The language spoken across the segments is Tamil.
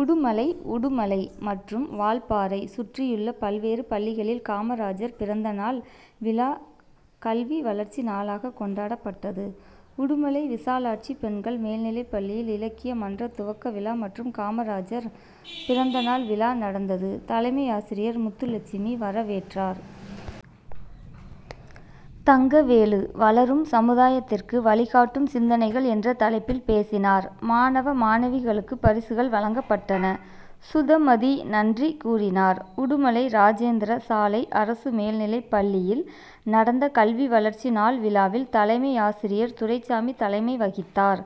உடுமலை உடுமலை மற்றும் வால்பாறை சுற்றியுள்ள பல்வேறு பள்ளிகளில் காமராஜர் பிறந்த நாள் விழா, கல்வி வளர்ச்சி நாளாக கொண்டாப்பட்டது. உடுமலை விசாலாட்சி பெண்கள் மேல்நிலைப்பள்ளியில், இலக் கிய மன்ற துவக்க விழா மற்றும் காமராஜர் பிறந்த நாள் விழா நடந்தது. தலைமையாசிரியர் முத்துலட்சுமி வரவேற்றார். தங்கவேலு வளரும் சமுதாயத்திற்கு வழிகாட்டும் சிந்தனைகள்' என்ற தலைப்பில், பேசினார். மாணவ, மாணவிகளுக்குப் பரிசுகள் வழங்க பட்டன. சுதமதி நன்றி கூறினார். உடுமலை ராஜேந்திரா சாலை அரசு மேல்நிலைப்பள்ளியில் நடந்த கல்வி வளர்ச்சி நாள் விழாவில், தலைமையாசிரியர் துரைசாமி தலைமை வகித்தார்.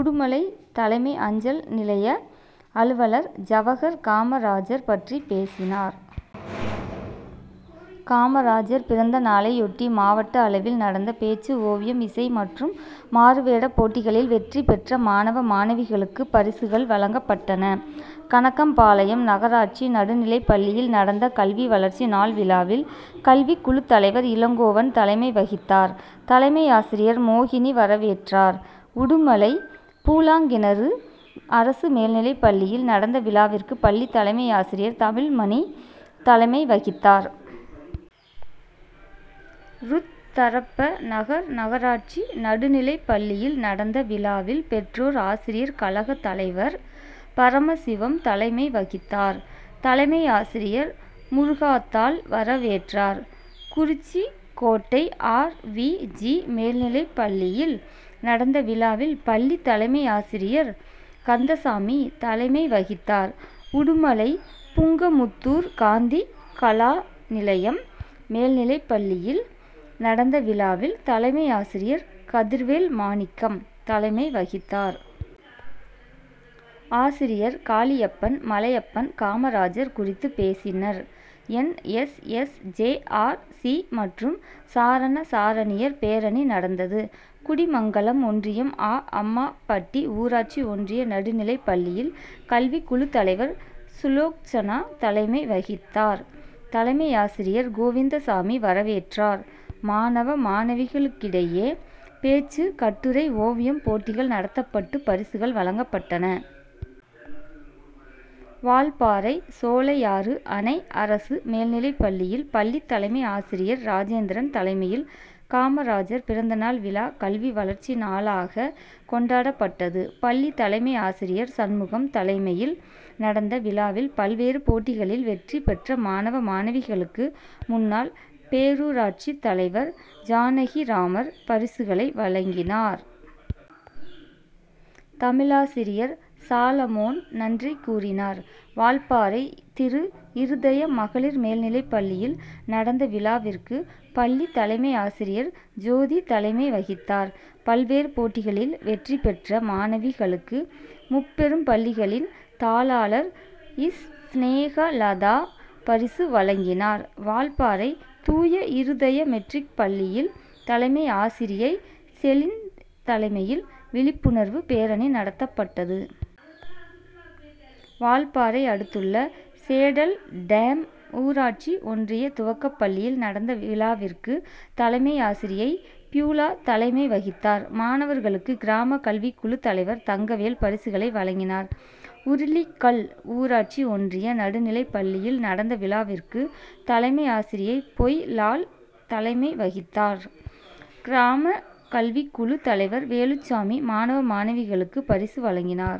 உடுமலை தலைமை அஞ்சல் நிலைய அலுவலர் ஜவஹர் காமராஜர் பற்றி பேசினார். காமராஜர் பிறந்தநாளையொட்டி, மாவட்ட அளவில் நடந்த பேச்சு, ஓவியம், இசை மற்றும் மாறுவேடப்போட்டிகளில் வெற்றி பெற்ற மாணவ, மாணவிகளுக்குப் பரிசுகள் வழங்கப்பட்டன. கணக்கம்பாளையம் நகராட்சி நடுநிலைப்பள்ளியில் நடந்த கல்வி வளர்ச்சி நாள் விழாவில், கல்விக்குழுத்தலைவர் இளங்கோவன் தலைமை வகித்தார். தலைமையாசிரியர் மோகினி வரவேற்றார். உடுமலை பூலாங்கிணறு அரசு மேல்நிலைப்பள்ளியில் நடந்த விழாவிற்கு பள்ளி தலைமையாசிரியர் தமிழ்மணி தலைமை வகித்தார். ருத்தரப்ப நகர் நகராட்சி நடுநிலைப்பள்ளியில், நடந்த விழாவில் பெற்றோர் ஆசிரியர் கழக தலைவர் பரமசிவம் தலைமை வகித்தார். தலைமையாசிரியர் முருகாத்தாள் வரவேற்றார். குறிச்சிக்கோட்டை ஆர். வி. ஜி., மேல்நிலைப்பள்ளியில் நடந்த விழாவில், பள்ளி தலைமையாசிரியர் கந்தசாமி தலைமை வகித்தார். உடுமலை புங்கமுத்தூர் காந்தி கலா நிலையம் மேல்நிலைப்பள்ளியில் நடந்த விழாவில், தலைமையாசிரியர் கதிர்வேல் மாணிக்கம் தலைமை வகித்தார். ஆசிரியர் காளியப்பன், மலையப்பன் காமராஜர் குறித்து பேசினர். N. S. S., J. R. C., மற்றும் சாரண, சாரணியர் பேரணி நடந்தது. குடிமங்கலம் ஒன்றியம் ஆ. அம்மாபட்டி ஊராட்சி ஒன்றிய நடுநிலைப்பள்ளியில் கல்விக்குழுத்தலைவர் சுலோச்சனா தலைமை வகித்தார். தலைமையாசிரியர் கோவிந்தசாமி வரவேற்றார். மாணவ, மாணவிகளுக்கிடையே பேச்சு, கட்டுரை, ஓவியம் போட்டிகள் நடத்தப்பட்டு, பரிசுகள் வழங்கப்பட்டன. வால்பாறை சோலையாறு அணை அரசு மேல்நிலைப்பள்ளியில் பள்ளி தலைமை ஆசிரியர் ராஜேந்திரன் தலைமையில் காமராஜர் பிறந்த நாள் விழா, கல்வி வளர்ச்சி நாளாக கொண்டாப்பட்டது. பள்ளி தலைமை ஆசிரியர் சண்முகம் தலைமையில் நடந்த விழாவில் பல்வேறு போட்டிகளில் வெற்றி பெற்ற மாணவ, மாணவிகளுக்கு முன்னாள் பேரூராட்சித்தலைவர் ஜானகிராமர் பரிசுகளை வழங்கினார். தமிழாசிரியர் சாலமோன் நன்றி கூறினார். வால்பாறை திருஇருதய மகளிர் மேல்நிலைப்பள்ளியில் நடந்த விழாவிற்கு பள்ளி தலைமை ஆசிரியர் ஜோதி தலைமை வகித்தார். பல்வேறு போட்டிகளில் வெற்றி பெற்ற மாணவிகளுக்கு முப்பெரும் பள்ளிகளின் தாளாளர் ஸ்நேகலதா பரிசு வழங்கினார். வால்பாறை தூய இருதய மெட்ரிக் பள்ளியில் தலைமை ஆசிரியை செலின் தலைமையில் விழிப்புணர்வு பேரணி நடத்தப் பட்டது. வால்பாறை அடுத்துள்ள சேடல்டேம் ஊராட்சி ஒன்றிய துவக்கப்பள்ளியில் நடந்த விழாவிற்கு தலைமை ஆசிரியை பியூலா தலைமை வகித்தார். மாணவர்களுக்கு கிராம கல்விக்குழு தலைவர் தங்கவேல் பரிசுகளை வழங்கினார். உருளிக்கல் ஊராட்சி ஒன்றிய நடுநிலைப்பள்ளியில் நடந்த விழாவிற்கு தலைமை ஆசிரியை பொய்லாள் தலைமை வகித்தார். கிராம கல்விக்குழு தலைவர் வேலுச்சாமி மாணவ, மாணவிகளுக்கு பரிசு வழங்கினார்.